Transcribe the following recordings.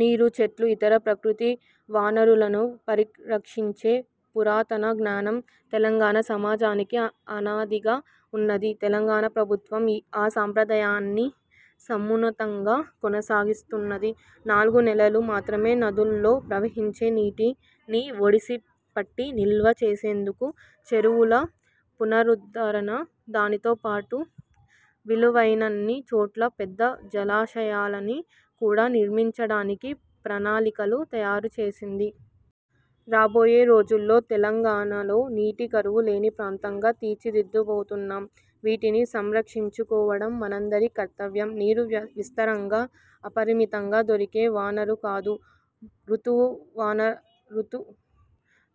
నీరు, చెట్లు, ఇతర ప్రకృతి వనరులను పరిరక్షించే పురాతన జ్ఞానం తెలంగాణ సమాజనికి అనాదిగా ఉన్నది. తెలంగాణ ప్రభుత్వం ఆ సాంప్రదాయాన్ని సమున్నతంగా కొనసాగిస్తున్నది. నాలుగు నెలలు మాత్రమే నదుల్లో ప్రవహించే నీటిని ఒడిసిపట్టి నిల్వ చేసేందుకు చెరువుల పునరుద్ధరణ, దానితోపాటు వీలయినన్ని చోట్ల పెద్ద జలాశయాలని కూడా నిర్మించడానికి ప్రణాళికలు తయారు చేసింది. రాబోయే రోజుల్లో తెలంగాణలో నీటి కరువు లేని ప్రాంతంగా తీర్చిదిద్దబోతున్నాం. నీటిని సంరక్షించుకోవడం మనందరి కర్తవ్యం. నీరు విస్తారంగా, అపరిమితంగా దొరికే వనరు కాదు.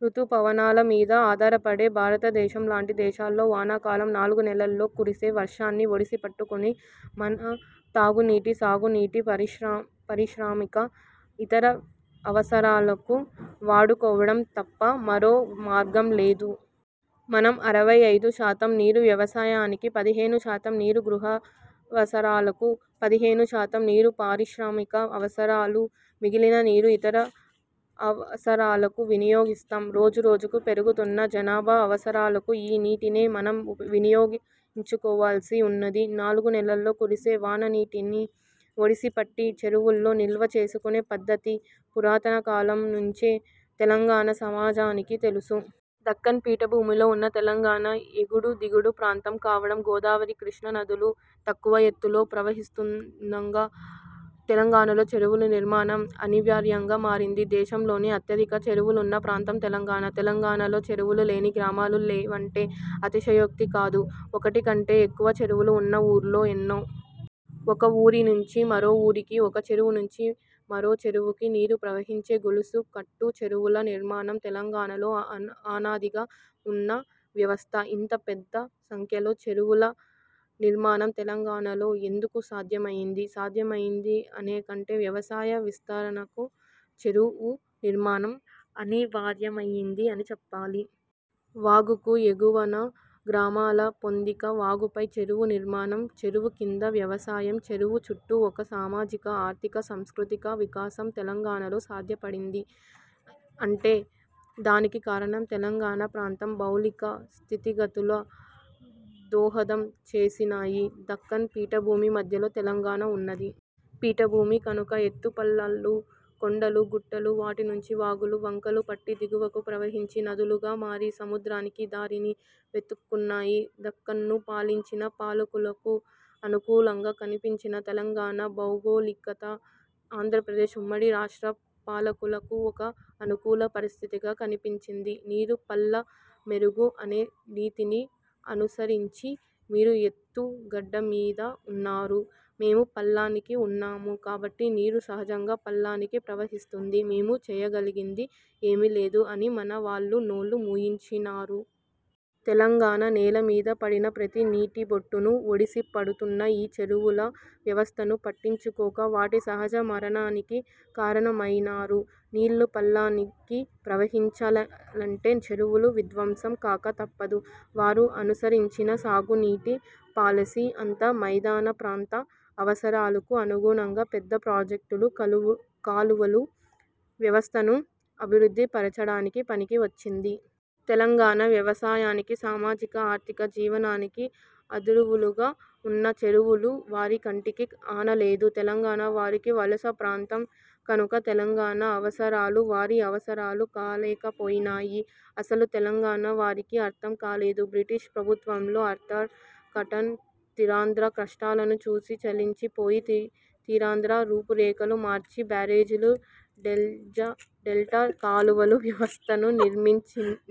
ఋతుపవనాల మీద ఆధారపడే భారత దేశం లాంటి దేశాల్లో వానాకాలం నాలుగు నెలల్లో కురిసే వర్షాన్ని ఒడిసిపట్టుకొని మన తాగు నీటి, సాగునీటి, పారిశ్రామిక, ఇతర అవసరాలకు వాడుకోవడం తప్ప మరో మార్గం లేదు. మనం అరవై ఐదు శాతం నీరు వ్యవసాయానికి, పదిహేను శాతం నీరు గృహావసరాలకు, పదిహేను శాతం నీరు పారిశ్రామిక అవసరాలు, మిగిలిన నీరు ఇతర అవసరాలకు వినియోగిస్తాం. రోజు రోజుకు పెరుగుతున్న జనాభా అవసరాలకు ఈ నీటినే మనం వినియోగించుకోవాల్సి ఉన్నది. నాలుగు నెలల్లో కురిసే వాన నీటిని ఒడిసి పట్టి చెరువుల్లో నిల్వ చేసుకునే పద్ధతి పురాతన కాలం నుంచే తెలంగాణ సమాజానికి తెలుసు. దక్కన్ పీఠభూమిలో ఉన్న తెలంగాణ ఎగుడు దిగుడు ప్రాంతం కావడం, గోదావరి కృష్ణా నదులు తక్కువ ఎత్తులో ప్రవహిస్తున్నందున తెలంగాణలో చెరువుల నిర్మాణం అనివార్యంగా మారింది. దేశంలోనే అత్యధిక చెరువులున్న ప్రాంతం తెలంగాణ. తెలంగాణలో చెరువులు లేని గ్రామాలు లేవంటే అతిశయోక్తి కాదు. ఒకటి కంటె ఎక్కువ చెరువులు ఉన్న ఊర్లు ఎన్నో. ఒక ఊరి నుంచి మరో ఊరికి, ఒక చెరువు నుంచి మరో చెరువుకి నీరు ప్రవహించే గొలుసుకట్టు చెరువుల నిర్మాణం తెలంగాణలో అనాదిగా ఉన్న వ్యవస్థ. ఇంత పెద్ద సంఖ్యలో చెరువుల నిర్మాణం తెలంగాణలో ఎందుకు సాధ్యమైంది? సాధ్యమైంది అనే కంటే వ్యవసాయ విస్తరణకు చెరువు నిర్మాణం అనివార్యమైంది అని చెప్పాలి. వాగుకు ఎగువన గ్రామాల పొందిక, వాగుపై చెరువు నిర్మాణం, చెరువు కింద వ్యవసాయం, చెరువు చుట్టూ ఒక సామాజిక, ఆర్థిక, సాంస్కృతిక వికాసం తెలంగాణలో సాధ్యపడింది అంటే దానికి కారణం తెలంగాణ ప్రాంతం భౌగోళిక స్థితిగతులు దోహదం చేసినాయి. దక్కన్ పీఠభూమి మధ్యలో తెలంగాణ ఉన్నది. పీఠభూమి కనుక ఎత్తుపల్లాలు, కొండలు, గుట్టలు, వాటి నుంచి వాగులు, వంకలు పుట్టి దిగువకు ప్రవహించి, నదులుగా మారి సముద్రానికి దారిని వెతుక్కున్నాయి. దక్కన్ను పాలించిన పాలకులకు అనుకూలంగా కనిపించిన తెలంగాణ భౌగోళికత ఆంధ్రప్రదేశ్ ఉమ్మడి రాష్ట్ర పాలకులకు ఒక అనుకూల పరిస్థితిగా కనిపించింది. నీరు పల్లమెరుగు అనే నీతిని అనుసరించి మీరు ఎత్తు గడ్డ మీద ఉన్నారు, మేము పల్లానికి ఉన్నాము కాబట్టి నీరు సహజంగా పల్లానికి ప్రవహిస్తుంది, మేము చేయగలిగింది ఏమీ లేదు అని మన వాళ్ళ నోళ్ళు మూయించినారు. తెలంగాణ నేల మీద పడిన ప్రతి నీటిబొట్టును ఒడిసి పడుతున్న ఈ చెరువుల వ్యవస్థను పట్టించుకోక వాటి సహజ మరణానికి కారణమయినారు. నీరు పల్లానికి ప్రవహించాలంటే చెరువులు విధ్వంసం కాక తప్పదు. వారు అనుసరించిన సాగునీటి పాలసీ అంతా మైదాన ప్రాంత అవసరాలకు అనుగుణంగా పెద్ద ప్రాజెక్టులు, కాలువల వ్యవస్థను అభివృద్ధి పరచడానికి పనికి వచ్చింది. తెలంగాణ వ్యవసాయానికి, సామాజిక, ఆర్థిక జీవనానికి అధరువులుగా ఉన్న చెరువులు వారి కంటికి ఆనలేదు. తెలంగాణ వారికి వలస ప్రాంతం కనుక తెలంగాణ అవసరాలు వారి అవసరాలు కాలేకపోయినాయి. అసలు తెలంగాణ వారికి అర్థం కాలేదు. బ్రిటిష్ ప్రభుత్వంలో ఆర్థర్ కాటన్ తీరాంధ్ర కష్టాలను చూసి చలించి పోయి తీరాంధ్ర రూపురేఖలు మార్చే బ్యారేజీలు, డెల్టా కాలువల వ్యవస్థను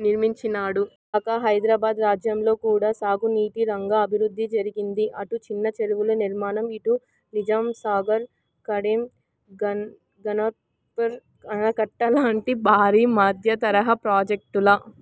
నిర్మించినాడు. దాకా హైదరాబాద్ రాజ్యంలో కూడా సాగునీటిరంగ అభివృద్ధి జరిగింది. అటు చిన్న చెరువుల నిర్మాణం, ఇటు నిజాంసాగర్, కడెం, ఘన్పూర్ ఆనకట్ట లాంటి భారీ, మధ్యతరహా ప్రాజెక్టుల